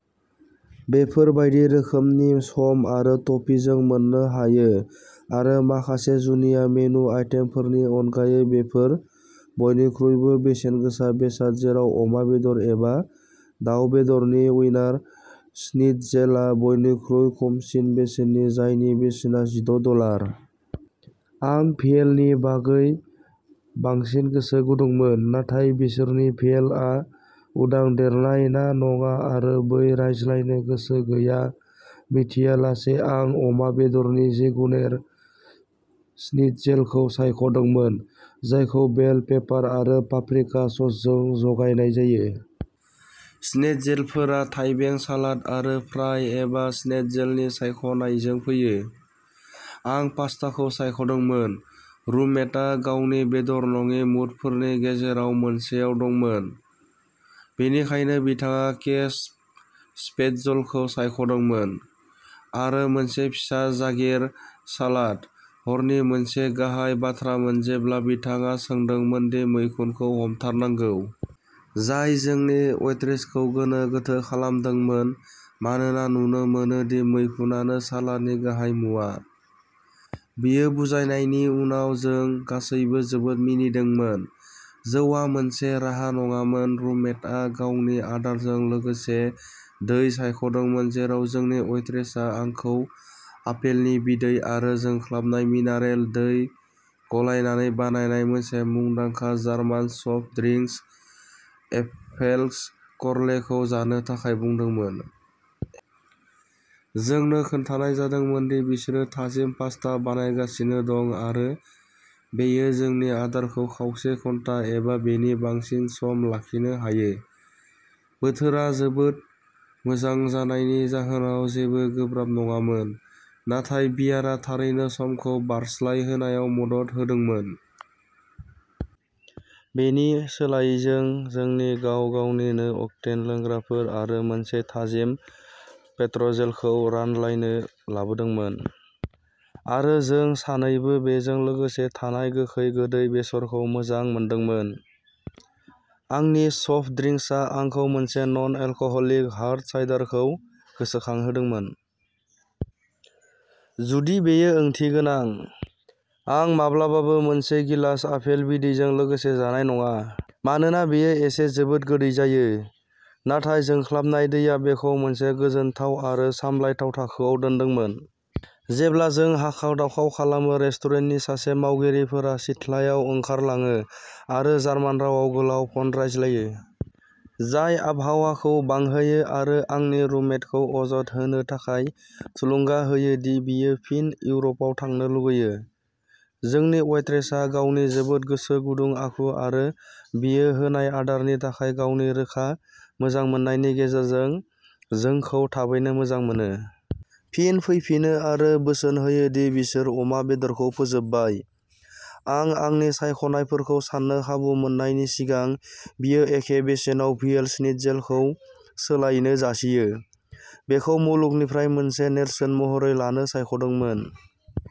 बेफोर बायदि रोखोमनि सस आरो टपिंजों मोननो हायो। आरो माखासे जुनिया मेनु आइटेमफोरनि अनगायै बेफोर बयनिख्रुइबो बेसेनगोसा बेसाद जेराव अमा बेदर एबा दाव बेदरनि वीनार स्निटजेलआ बयनिख्रुइ खमसिन बेसेननि जायनि बेसेना जिद' डलार। आं भियेलनि बागै बांसिन गोसो गुदुंमोन। नाथाय बिसोरनि भियेलआ उदां देरनाय ना नङा आरो बै रायज्लायनो गोसो गैया मिथियालासे आं अमा बेदरनि जिगुनेर श्निटजेलखौ सायख'दोंमोन। जायखौ बेल पेपार आरो पाप्रिका ससजों जगायनाय जायो। श्निटजेलफोरा थाइबें सालाद आरो फ्राइ एबा स्पेटजलनि सायख'नायजों फैयो। आं पास्ताखौ सायख'दोंमोन। रुममेटआ गावनि बेदर नङि मुडफोरनि गेजेराव मोनसेआव दंमोन। बेनिखायनो बिथाङा केस स्पेटजलखौ सायख'दोंमोन। आरो मोनसे फिसा जागेर सालात। हरनि मोनसे गाहाय बाथ्रामोन जेब्ला बिथाङा सोंदोंमोन दि मैखुनखौ हमथारनांगौ। जाय जोंनि वेट्रेसखौ गोनो गोथो खालामदोंमोन मानोना नुनो मोनो दि मैखुनानो सालादनि गाहाय मुवा। बियो बुजायनायनि उनाव जों गासैबो जोबोद मिनिदोंमोन। जौआ मोनसे राहा नङामोन। रुममेटआ गावनि आदारजों लोगोसे दै सायख'दोंमोन जेराव जोंनि वेट्रेसआ आंखौ आपेलनि बिदै आरो जोंख्लाबनाय मिनारेल दै गलायनानै बानायनाय मोनसे मुंदांखा जार्मान सफ्ट ड्रिंक्स एपफेल्सकरलेखौ जानो थाखाय बुंदोंमोन। जोंनो खिन्थानाय जादोंमोन दि बिसोरो थाजिम पास्ता बानायगासिनो दं आरो बेयो जोंनि आदारखौ खावसे घन्टा एबा बेनि बांसिन सम लाखिनो हायो। बोथोरा जोबोद मोजां जानायनि जाहोनाव जेबो गोब्राब नङामोन। नाथाय बियारा थारैनो समखौ बारस्लायहोनायाव मदद होदोंमोन। बेनि सोलायै जों जोंनि गाव-गावनि नो अक्टेन लोंग्राफोर आरो मोनसे थाजिम प्रेट्जेलखौ रानलायनो लाबोदोंमोन। आरो जों सानैबो बेजों लोगोसे थानाय गोखै गोदै बेसरखौ मोजां मोनदोंमोन। आंनि सफ्ट ड्रिंक्सआ आंखौ मोनसे नन एलकहलिक हार्ड साइडारखौ गोसोखांहोदोंमोन। जुदि बेयो ओंथिगोनां। आं माब्लाबाबो मोनसे गिलास आफेल बिदैजों लोगोसे जानाय नङा। मानोना बेयो एसे जोबोद गोदै जायो। नाथाय जोंख्लाबनाय दैया बेखौ मोनसे गोजोनथाव आरो सामलायथाव थाखोआव दोनदोंमोन। जेब्ला जों हाखाव-दाखाव खालामो रेस्टुरेन्टनि सासे मावगिरिफोरा सिथलायाव ओंखारलाङो आरो जार्मान रावाव गोलाव फन रायज्लायो। जाय आबहावाखौ बांहोयो आरो आंनि रुममेटखौ अजद होनो थाखाय थुलुंगा होयो दि बियो फिन इउर'पआव थांनो लुगैयो। जोंनि वेट्रेसआ गावनि जोबोद गोसो गुदुं आखु आरो बियो होनाय आदारनि थाखाय गावनि रोखा मोजांमोननायनि गेजेरजों जोंखौ थाबैनो मोजां मोनो। फिन फैफिनो आरो बोसोन होयो दि बिसोर अमा बेदरखौ फोजोबबाय। आं आंनि सायख'नायफोरखौ सान्नो खाबु मोननायनि सिगां बियो एखे बेसेनाव भियेल स्निट्जेलखौ सोलायनो जासियो। बेखौ मुलुगनिफ्राय मोनसे नेरसोन महरै लानो सायख'दोंमोन।